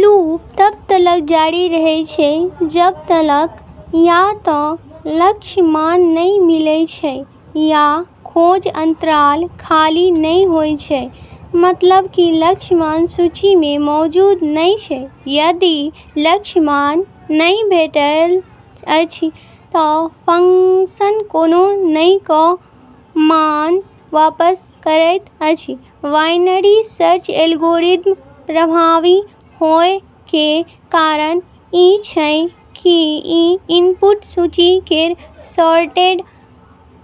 Loop तब तलक जारी रहै छै जब तलक या त लक्ष्य मान नै मिलै छै या खोज अंतराल खाली नै होय जाय छै, मतलब कि लक्ष्य मान सूची मे मौजूद नै छै। यदि लक्ष्य मान नहि भेटल अछि, त फंक्शन कोनो नहि क' मान वापस करैत अछि, बाइनरी सर्च एल्गोरिदम प्रभावी होय के कारण ई छै कि ई इनपुट सूची केरऽ सॉर्टेड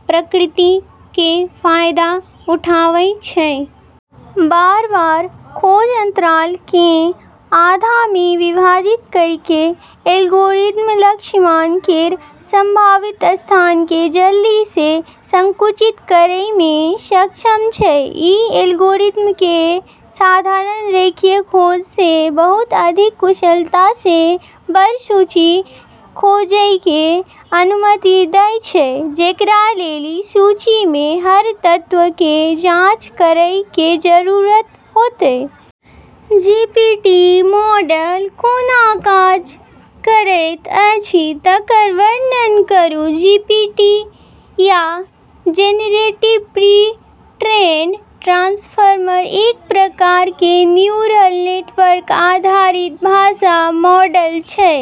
प्रकृति के फायदा उठाबै छै। बार-बार खोज अंतराल के आधा मे विभाजित करी के एल्गोरिदम लक्ष्य मान केरऽ संभावित स्थान के जल्दी से संकुचित करै मे सक्षम छै, ई एल्गोरिदम के साधारण रेखीय खोज से बहुत अधिक कुशलता से बड़ऽ सूची खोजै के अनुमति दै छै जेकरा लेली सूची मे हर तत्व के जांच करै के जरूरत होतै। जीपीटी मॉडल कोना काज करैत अछि तकर वर्णन करू, जीपीटी या जेनेरेटिव प्री-ट्रेन्ड ट्रांसफार्मर एक प्रकार के न्यूरल नेटवर्क आधारित भाषा मॉडल छै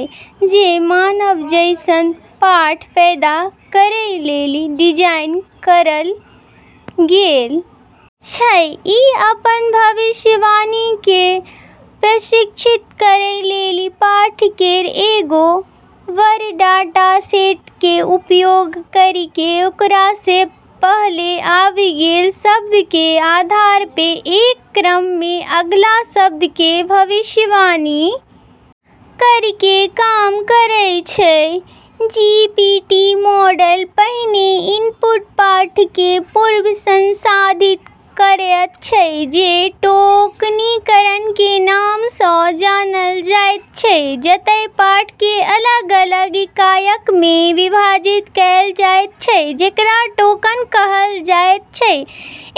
जे मानव जैसनऽ पाठ पैदा करै लेली डिजाइन करलऽ गेलऽ छै, ई अपनऽ भविष्यवाणी के प्रशिक्षित करै लेली पाठ केरऽ एगो बड़ऽ डाटासेट के उपयोग करी के ओकरा से पहले आबी गेलऽ शब्दऽ के आधार पे एक क्रम मे अगला शब्द के भविष्यवाणी करी के काम करै छै, जीपीटी मॉडल पहिने इनपुट पाठ कें पूर्व-संसाधित करयत छै जे टोकनीकरण कें नाम सं जानल जायत छै, जतय पाठ कें अलग-अलग इकाइयक मे विभाजित कैल जायत छै जेकरा टोकन कहल जायत छै,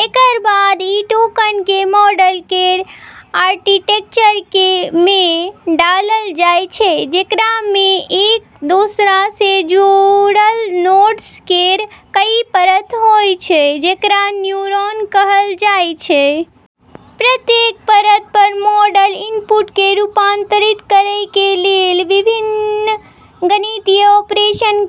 एकरऽ बाद ई टोकन के मॉडल केरऽ आर्किटेक्चर मे डाललऽ जाय छै जेकरा मे एक दोसरा से जुड़लऽ नोड्स केरऽ कई परत होय छै जेकरा न्यूरॉन कहलऽ जाय छै। प्रत्येक परत पर मॉडल इनपुट कें रूपांतरित करय कें लेल विभिन्न गणितीय ऑपरेशन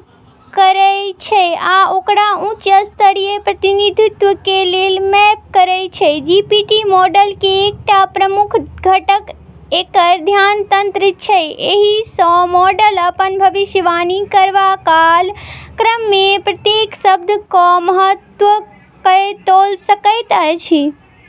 करय छै आ ओकरा उच्च स्तरीय प्रतिनिधित्व कें लेल मैप करय छै, जीपीटी मॉडल कें एकटा प्रमुख घटक एकर ध्यान तंत्र छै, एहि स मॉडल अपन भविष्यवाणी करबा काल क्रम मे प्रत्येक शब्द क महत्व कए तौल सकैत अछि।